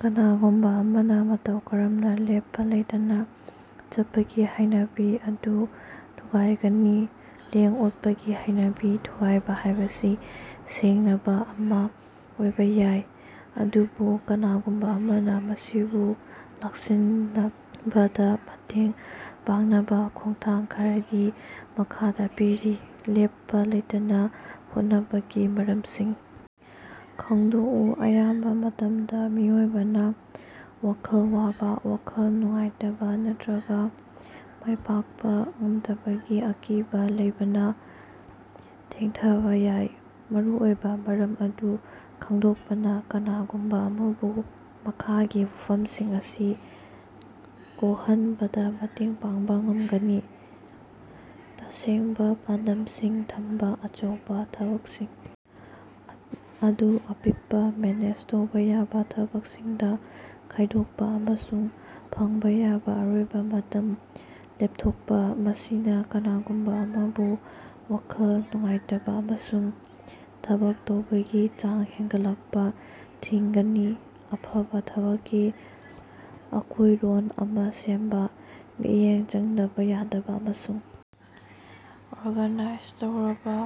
ꯀꯅꯥꯒꯨꯝꯕꯥ ꯑꯃꯅꯥ ꯃꯇꯧ ꯀꯔꯝꯅꯥ ꯂꯦꯞꯄ ꯂꯩꯇꯅ ꯆꯠꯄꯒꯤ ꯍꯩꯅꯕꯤ ꯑꯗꯨ ꯊꯨꯒꯥꯏꯒꯅꯤ? ꯂꯦꯡ-ꯑꯣꯠꯄꯒꯤ ꯍꯩꯅꯕꯤ ꯊꯨꯒꯥꯏꯕ ꯍꯥꯏꯕꯁꯤ ꯁꯤꯡꯅꯕ ꯑꯃꯥ ꯑꯣꯏꯕ ꯌꯥꯏ, ꯑꯗꯨꯕꯨ ꯀꯅꯥꯒꯨꯝꯕ ꯑꯃꯅꯥ ꯃꯁꯤꯕꯨ ꯂꯥꯛꯁꯤꯟꯅꯕꯗ ꯃꯇꯦꯡ ꯄꯥꯡꯅꯕ ꯈꯣꯡꯊꯥꯡ ꯈꯔꯗꯤ ꯃꯈꯥꯗꯥ ꯄꯤꯔꯤ: ꯂꯦꯞꯄꯥ ꯂꯩꯇꯅ ꯍꯣꯠꯅꯕꯒꯤ ꯃꯔꯝꯁꯤꯡ ꯈꯪꯗꯣꯛꯎ: ꯑꯌꯥꯝꯕ ꯃꯇꯝꯗ ꯃꯤꯑꯣꯏꯕꯅ ꯋꯥꯈꯜ ꯋꯥꯕ, ꯋꯥꯈꯜ ꯅꯨꯡꯉꯥꯏꯇꯕ ꯅꯠꯇꯔꯒ ꯃꯥꯏꯄꯥꯛꯄ ꯉꯝꯗꯕꯒꯤ ꯑꯀꯤꯕ ꯂꯩꯕꯅ ꯊꯦꯡꯊꯕꯥ ꯌꯥꯏ꯫ ꯃꯔꯨꯑꯣꯏꯕ ꯃꯔꯝ ꯑꯗꯨ ꯈꯪꯗꯣꯛꯄꯅꯥ ꯀꯅꯥꯒꯨꯝꯕ ꯑꯃꯕꯨ ꯃꯈꯥꯒꯤ ꯋꯥꯐꯝꯁꯤꯡ ꯑꯁꯤ ꯀꯣꯛꯍꯟꯕꯗ ꯃꯇꯦꯡ ꯄꯥꯡꯕ ꯉꯝꯒꯅꯤ꯫ ꯇꯁꯦꯡꯕꯥ ꯄꯥꯟꯗꯝꯁꯤꯡ ꯊꯝꯕ: ꯑꯆꯧꯕ ꯊꯕꯛꯁꯤꯡ ꯑꯗꯨ ꯑꯄꯤꯛꯄ, ꯃꯦꯅꯦꯖ ꯇꯧꯕ ꯌꯥꯕꯥ ꯊꯕꯛꯁꯤꯡꯗ ꯈꯥꯏꯗꯣꯛꯄꯥ ꯑꯃꯁꯨꯡ ꯐꯪꯕ ꯌꯥꯕ ꯑꯔꯣꯏꯕ ꯃꯇꯝ ꯂꯦꯞꯊꯣꯛꯄꯥ꯫ ꯃꯁꯤꯅ ꯀꯅꯥꯒꯨꯝꯕ ꯑꯃꯕꯨ ꯋꯥꯈꯜ ꯅꯨꯡꯉꯥꯏꯇꯕ ꯑꯃꯁꯨꯡ ꯊꯕꯛ ꯇꯧꯕꯒꯤ ꯆꯥꯡ ꯍꯦꯟꯒꯠꯂꯛꯄꯥ ꯊꯤꯡꯒꯅꯤ꯫ ꯑꯐꯕꯥ ꯊꯕꯛꯀꯤ ꯑꯀꯣꯏꯔꯣꯟ ꯑꯃꯥ ꯁꯦꯝꯕ: ꯃꯤꯠꯌꯦꯡ ꯆꯪꯗꯕ ꯌꯥꯗꯕ ꯑꯃꯁꯨꯡ ꯑꯣꯔꯒꯥꯅꯥꯏꯖ ꯇꯧꯔꯕ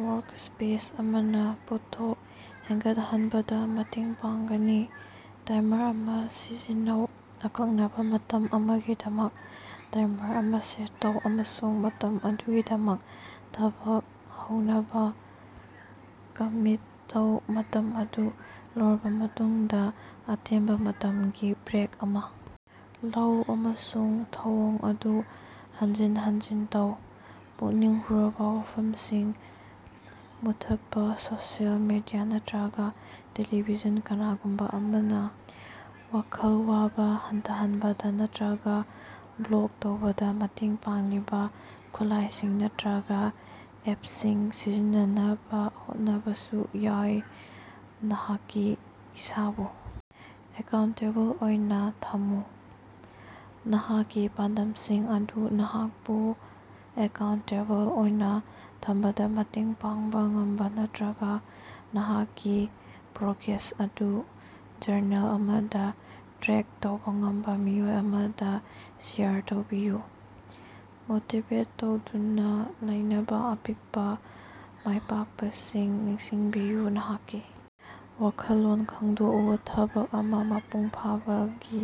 ꯋꯥꯔꯛꯁ꯭ꯄꯦꯁ ꯑꯃꯅ ꯄꯣꯠꯊꯣꯛ ꯍꯦꯟꯒꯠꯍꯟꯕꯗꯥ ꯃꯇꯦꯡ ꯄꯥꯡꯒꯅꯤ꯫ ꯇꯥꯏꯃꯔ ꯑꯃꯥ ꯁꯤꯖꯤꯟꯅꯧ: ꯑꯀꯛꯅꯕꯥ ꯃꯇꯝ ꯑꯃꯒꯤꯗꯃꯛ ꯇꯥꯏꯃꯔ ꯑꯃꯥ ꯁꯦꯠ ꯇꯧ ꯑꯃꯁꯨꯡ ꯃꯇꯝ ꯑꯗꯨꯒꯤꯗꯃꯛ ꯊꯕꯛ ꯍꯧꯅꯕꯥ ꯀꯃꯤꯠ ꯇꯧ꯫ ꯃꯇꯝ ꯑꯗꯨ ꯂꯣꯏꯔꯕ ꯃꯇꯨꯡꯗ, ꯑꯇꯦꯟꯕ ꯃꯇꯝꯒꯤ ꯕ꯭ꯔꯦꯛ ꯑꯃꯥ ꯂꯧ ꯑꯃꯁꯨꯡ ꯊꯧꯑꯣꯡ ꯑꯗꯨ ꯍꯟꯖꯤꯟ ꯍꯟꯖꯤꯟ ꯇꯧ꯫ ꯄꯨꯛꯅꯤꯡ ꯍꯨꯔꯕ ꯋꯥꯐꯝꯁꯤꯡ ꯃꯨꯠꯊꯠꯄꯥ: ꯁꯣꯁꯤꯌꯦꯜ ꯃꯦꯗꯤꯌꯥ ꯅꯠꯇꯔꯒ ꯇ‌ꯦꯂꯤꯚꯤꯖꯟ ꯀꯅꯥꯒꯨꯝꯕ ꯑꯃꯅ ꯋꯥꯈꯜ ꯋꯥꯕ ꯍꯟꯊꯍꯟꯕꯗ ꯅꯠꯇꯔꯒ ꯕ꯭ꯂꯣꯛ ꯇꯧꯕꯗ ꯃꯇꯦꯡ ꯄꯥꯡꯂꯤꯕ ꯈꯨꯠꯂꯥꯏꯁꯤꯡ ꯅꯠꯇꯔꯒ ꯑꯦꯞꯁꯤꯡ ꯁꯤꯖꯤꯟꯅꯅꯕ ꯍꯣꯠꯅꯕꯁꯨ ꯌꯥꯏ꯫ ꯅꯍꯥꯛꯀꯤ ꯏꯁꯥꯕꯨ ꯑꯦꯀꯥꯎꯟꯇꯦꯕꯜ ꯑꯣꯏꯅ ꯊꯝꯃꯨ: ꯅꯍꯥꯛꯀꯤ ꯄꯥꯟꯗꯝꯁꯤꯡ ꯑꯗꯨ ꯅꯍꯥꯛꯄꯨ ꯑꯦꯀꯥꯎꯟꯇꯦꯕꯜ ꯑꯣꯏꯅ ꯊꯝꯕꯗꯥ ꯃꯇꯦꯡ ꯄꯥꯡꯕ ꯉꯝꯕꯥ ꯅꯠꯇꯔꯒ ꯅꯍꯥꯛꯀꯤ ꯄ꯭ꯔꯣꯒ꯭ꯔꯦꯁ ꯑꯗꯨ ꯖꯔꯅꯦꯜ ꯑꯃꯗꯥ ꯇ꯭ꯔꯦꯛ ꯇꯧꯕꯥ ꯉꯝꯕ ꯃꯤꯑꯣꯏ ꯑꯃꯗ ꯁꯦꯌꯔ ꯇꯧꯕꯤꯌꯨ꯫ ꯃꯣꯇꯤꯕꯦꯠ ꯇꯧꯗꯨꯅ ꯂꯩꯅꯕ ꯑꯄꯤꯛꯄ ꯃꯥꯏꯄꯥꯛꯄꯁꯤꯡ ꯅꯤꯡꯁꯤꯡꯕꯤꯌꯨ꯫ ꯅꯍꯥꯛꯀꯤ ꯋꯥꯈꯜꯂꯣꯟ ꯈꯪꯗꯣꯛꯎ: ꯊꯕꯛ ꯑꯃꯥ ꯃꯄꯨꯡ ꯐꯥꯗꯕꯒꯤ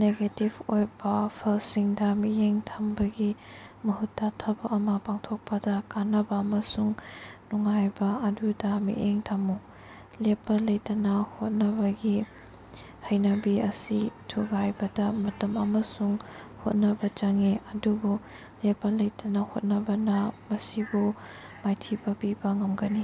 ꯅꯦꯒꯦꯇꯤꯚ ꯑꯣꯏꯕ ꯐꯜꯁꯤꯡꯗ ꯃꯤꯠꯌꯦꯡ ꯊꯝꯕꯒꯤ ꯃꯍꯨꯠꯇ, ꯊꯕꯛ ꯑꯃꯥ ꯄꯥꯡꯊꯣꯛꯄꯗ ꯀꯥꯟꯅꯕ ꯑꯃꯁꯨꯡ ꯅꯨꯡꯉꯥꯏꯕ ꯑꯗꯨꯗ ꯃꯤꯠꯌꯦꯡ ꯊꯝꯃꯨ꯫ ꯂꯦꯞꯄ ꯂꯩꯇꯅꯥ ꯍꯣꯠꯅꯕꯒꯤ ꯍꯩꯅꯕꯤ ꯑꯁꯤ ꯊꯨꯒꯥꯏꯕꯗ ꯃꯇꯝ ꯑꯃꯁꯨꯡ ꯍꯣꯠꯅꯕꯥ ꯆꯪꯏ, ꯑꯗꯨꯕꯨ ꯂꯦꯞꯄꯥ ꯂꯩꯇꯅꯥ ꯍꯣꯠꯅꯕꯅ ꯃꯁꯤꯕꯨ ꯃꯥꯏꯊꯤꯕꯥ ꯄꯤꯕꯥ ꯉꯝꯒꯅꯤ꯫